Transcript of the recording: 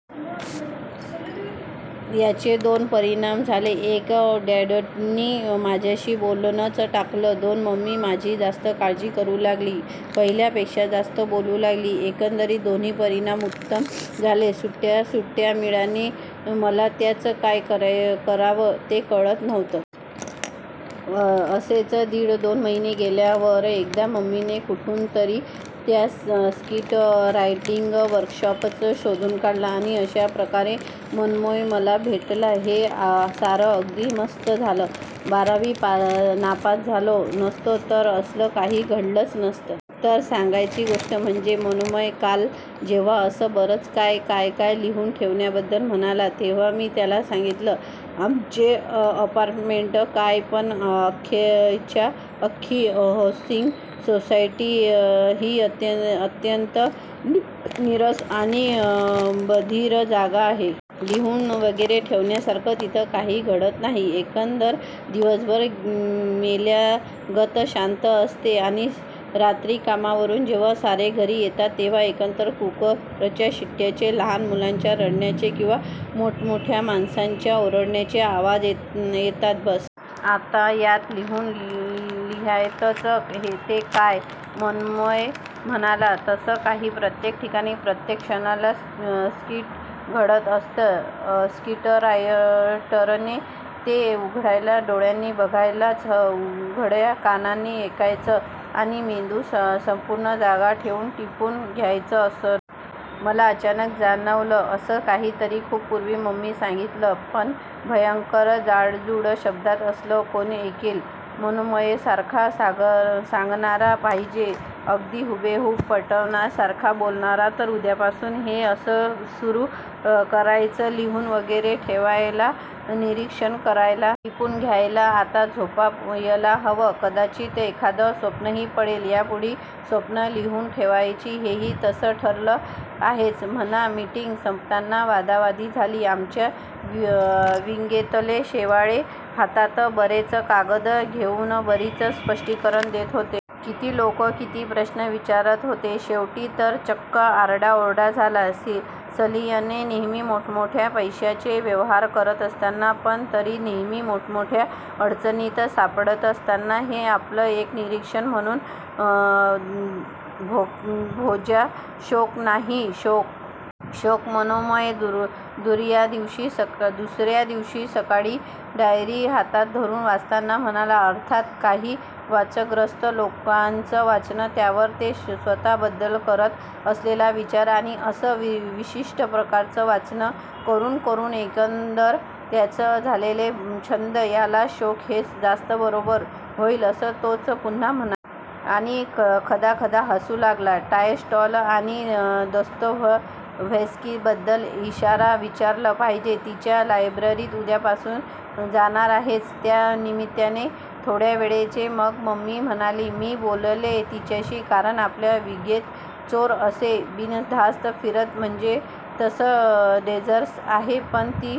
याचे दोन परिणाम झाले- एक, डॅडनी माझाशी बोलणंच टाकलं. दोन, मम्मी माझी जास्त काळजी करू लागली. पहिल्यापेक्षा जास्त बोलू लागली. एकंदरित दोन्ही परिणाम उत्तम झाले. सुट्याच सुट्या मिळाल्याने मला त्यांचं काय करावं ते कळत नव्हतं. असेच दीड-दोन महिने गेल्यावर एकदा मम्मीने कुठून तरी त्या स्क्रिप्ट रायटिंग वर्कशॉपचं शोधून काढलं, आणि अशा प्रकारे मनोमय मला भेटला. हे सारं अगदीच मस्त झालं. बारावी नापास झालो नसतो तर असलं काही घडलं नसतं. तर सांगायची गोष्ट म्हणजे मनोमय काल जेव्हा असं बरंच काय काय लिहून ठेवण्याबद्दल म्हणाला, तेव्हा मी त्याला सांगितलं-- आमचं अपार्टमेंटच काय, पण अख्खीच्या अख्खी हौसिंग सोसायटी ही अत्यंत नीरस आणि बधीर जागा आहे. लिहून वगैरे ठेवण्यासारखं तिथं काही घडत नाही. एकतर दिवसभर मेल्यागत शांत असते. आणि रात्री कामावरून जेव्हा सारे घरी येतात तेव्हा एकतर कुकरच्या शिट्यांचे, लहान मुलांच्या रडण्याचे किंवा मोठ्या माणासांच्या ओरडण्याचे आवाज येतात. बस. आता यात लिहून लिहायचं ते काय? मनोमय म्हणाला-- तसं नाही. प्रत्येक ठिकाणी, प्रत्येक क्षणाला स्क्रिप्ट घडत असतं. स्क्रिप्टरायटरने ते उघड्या डोळ्यांनी बघायचं, उघड्या कानांनी ऐकायचं, आणि मेंदू संपूर्ण जागा ठेऊन टिपून घ्यायचं असतं. मला अचानक जाणवलं, असंच काहीतरी खूप पुर्वी मम्मीने सांगितलेलं, पण भयंकर जाडजूड शब्दांत. असलं कोण ऐकेल? मनोमयसारख सांगणारा पाहिजे. अगदी हुबेहुब पटण्यासारखं बोलणारा. तर उद्यापासून हे असं सुरू करायचं. लिहून वगैरे ठेवायला. निरीक्षण करायला. टिपून घ्यायला. आता झोपायला हवं. कदाचित एखादं स्वप्नही पडेल. यापुढची स्वप्नंही लिहून ठेवायची- हेही तसं ठरलं आहेच म्हणा. मिटिंग संपताना वादावादी झाली. आमच्या विंगेतले शेवाळे हातात बरेच कागद घेऊन बरीच स्पष्टीकरणं देत होते. किती लोक किती प्रश्न विचारत होते. शेवटी तर चक्क आरडाओरडा झाला. सलियन नेहमी मोठमोठ्या पैशांचे व्यवहार करत असतात. पण तरी नेहमी मोठमोठ्या अडचणींत सापडत असतात. हे आपलं एक निरीक्षण म्हणून. भोच्या, शोक नाही, शौक. शौक-- मनोमय दुसर्या दिवशी सकाळी माझी डायरी हातात धरून वाचताना म्हणाला. अर्थात काही वाचनग्रस्त लोकांचं वाचन, त्यावर ते स्वतःबद्दल करत असलेला विचार, आणि असं विशिष्ठ प्रकारचं वाचन करून करून एकंदरच त्यांचं झालेलं भजं- याला शोक हेच जास्त बरोबर होईल-- असं तोच पुन्हा म्हणाला. आणि खदाखदा हसू लागला. टॉलस्टॉय आणि दस्तोयव्हस्कीबद्दल इशाला विचारलं पाहिजे. तिच्या लायब्ररीत उद्यापासून जाणार आहेच-- त्या निमित्ताने. थोड्या वेळाने मग मम्मीच म्हणाली-- मी बोलले तिच्याशी. कारण आपल्या विंगेत चोर असे बिनधास्त फिरणं म्हणजे तसं डेंजरस आहे. पण ती